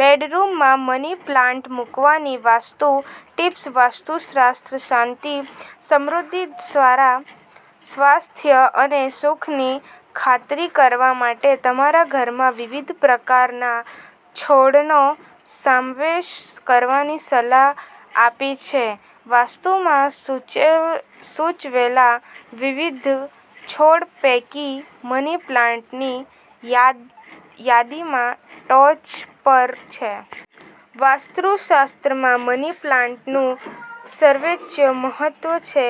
બેડરૂમમાં money plant મૂકવાની vastu tips vastu shastra શાંતિ, સમૃદ્ધિ, સારા સ્વાસ્થ્ય અને સુખની ખાતરી કરવા માટે તમારા ઘરમાં વિવિધ પ્રકારના છોડનો સમાવેશ કરવાની સલાહ આપે છે. વાસ્તુમાં સૂચવેલા વિવિધ છોડ પૈકી, મની પ્લાન્ટ યાદીમાં ટોચ પર છે. વાસ્તુશાસ્ત્રમાં મની પ્લાન્ટનું સર્વોચ્ચ મહત્વ છે,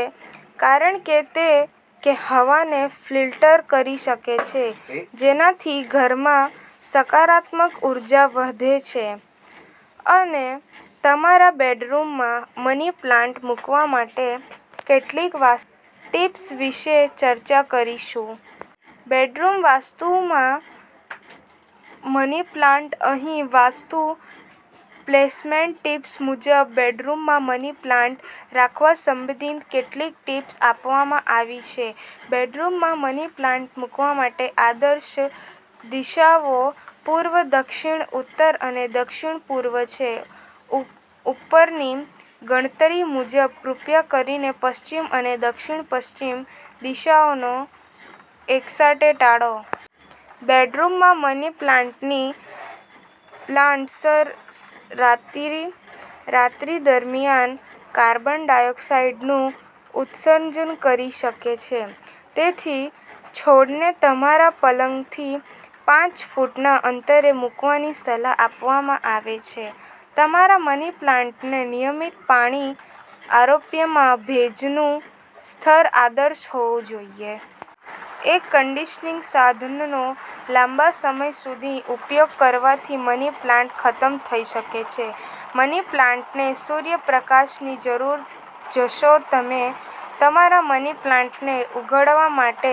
કારણ કે તે હવાને ફિલ્ટર કરી શકે છે, જેનાથી ઘરમાં સકારાત્મક ઉર્જા વહે છે. અમે તમારા બેડરૂમમાં મની પ્લાન્ટ મૂકવા માટે કેટલીક વાસ્તુ ટિપ્સ વિશે ચર્ચા કરીશું. બેડરૂમ વાસ્તુમાં મની પ્લાન્ટ અહીં વાસ્તુ પ્લેસમેન્ટ ટિપ્સ મુજબ બેડરૂમમાં મની પ્લાન્ટ રાખવા સંબંધિત કેટલીક ટિપ્સ આપવામાં આવી છે. બેડરૂમમાં મની પ્લાન્ટ મૂકવા માટે આદર્શ દિશાઓ પૂર્વ, દક્ષિણ, ઉત્તર અને દક્ષિણ-પૂર્વ છે. ઉપરની ગણતરી મુજબ, કૃપા કરીને પશ્ચિમ અને દક્ષિણ-પશ્ચિમ દિશાઓને એકસાથે ટાળો. બેડરૂમમાં મની પ્લાન્ટની પ્લાન્ટ્સ રાત્રિ દરમિયાન કાર્બન ડાયોક્સાઇડનું ઉત્સર્જન કરી શકે છે. તેથી, છોડને તમારા પલંગથી પાંચ ફૂટના અંતરે મૂકવાની સલાહ આપવામાં આવે છે. તમારા મની પ્લાન્ટને નિયમિત પાણી આપોરૂમમાં ભેજનું સ્તર આદર્શ હોવું જોઈએ. એર કન્ડીશનીંગ સાધનોનો લાંબા સમય સુધી ઉપયોગ કરવાથી મની પ્લાન્ટ ખતમ થઈ શકે છે. મની પ્લાન્ટને સૂર્યપ્રકાશની જરૂર છેજો તમે તમારા મની પ્લાન્ટને ઉગાડવા માટે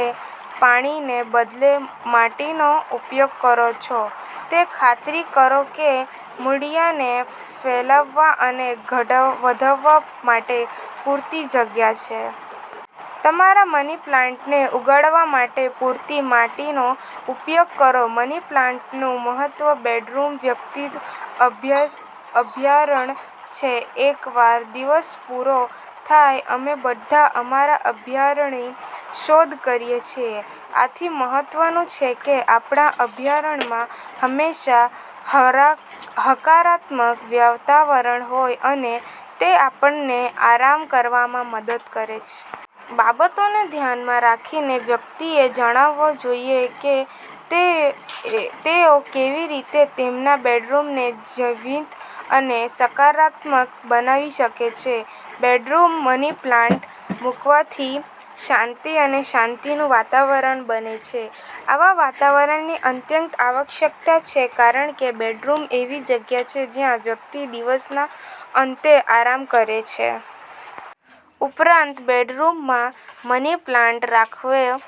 પાણીને બદલે માટીનો ઉપયોગ કરો છો, તો ખાતરી કરો કે મૂળિયાને ફેલાવવા અને વધવા માટે પૂરતી જગ્યા છે. તમારા મની પ્લાન્ટને ઉગાડવા માટે પૂરતી માટીનો ઉપયોગ કરો મની પ્લાન્ટનું મહત્વ બેડરૂમવ્યક્તિનું અભયારણ્ય છે. એકવાર દિવસ પૂરો થાય, અમે બધા અમારા અભયારણ્યની શોધ કરીએ છીએ. આથીમહત્વનું છે કે આપણા અભયારણ્યમાં હંમેશા હકારાત્મક વાતાવરણ હોય અને તે આપણને આરામ કરવામાં મદદ કરે. બાબતોને ધ્યાનમાં રાખીને, વ્યક્તિએ જાણવું જોઈએ કે તેઓ કેવી રીતે તેમના બેડરૂમને જીવંત અને સકારાત્મક બનાવી શકે છે. બેડરૂમમાં મની પ્લાન્ટ મૂકવાથી શાંતિ અને શાંતિનું વાતાવરણ બને છે. આવા વાતાવરણની અત્યંત આવશ્યકતા છે કારણ કે બેડરૂમએવી જગ્યા છે જ્યાં વ્યક્તિ દિવસના અંતે આરામ કરે છે. ઉપરાંત, બેડરૂમમાં મની પ્લાન્ટ રાખવો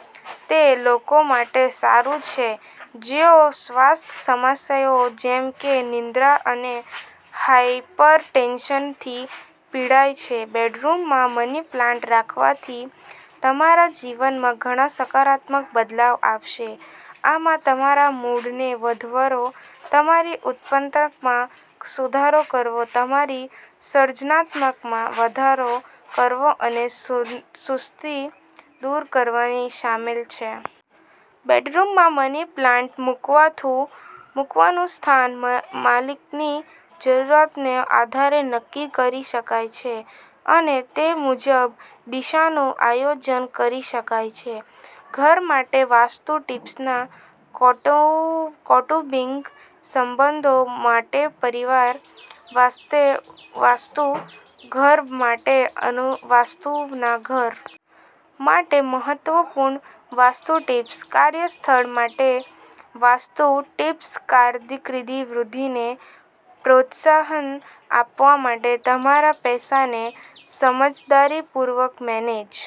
તે લોકો માટે સારું છે જેઓ સ્વાસ્થ્ય સમસ્યાઓ જેમ કે નિંદ્રા અને હાયપરટેન્શનથી પીડાય છે. બેડરૂમમાં મની પ્લાન્ટ રાખવાથી તમારા જીવનમાં ઘણા સકારાત્મક બદલાવ આવશે. આમાં તમારા મૂડને વધારવો, તમારી ઉત્પાદકતામાં સુધારો કરવો, તમારી સર્જનાત્મકતામાં વધારો કરવો અને સુસ્તી દૂર કરવી શામેલ છે. બેડરૂમમાં મની પ્લાન્ટ મૂકવાનું સ્થાન માલિકની જરૂરિયાતોને આધારે નક્કી કરી શકાય છે, અને તે મુજબ, દિશાનું આયોજન કરી શકાય છે. ઘર માટે વાસ્તુ ટિપ્સસારા કૌટુંબિક સંબંધો માટેપરિવાર માટે વાસ્તુ, ઘર માટે વાસ્તુનવા ઘર માટે મહત્વપૂર્ણ વાસ્તુ ટિપ્સ, કાર્યસ્થળ માટે વાસ્તુ ટિપ્સકારકિર્દી વૃદ્ધિને પ્રોત્સાહન આપવા માટે, તમારા પૈસાને સમજદારીપૂર્વક મેનેજ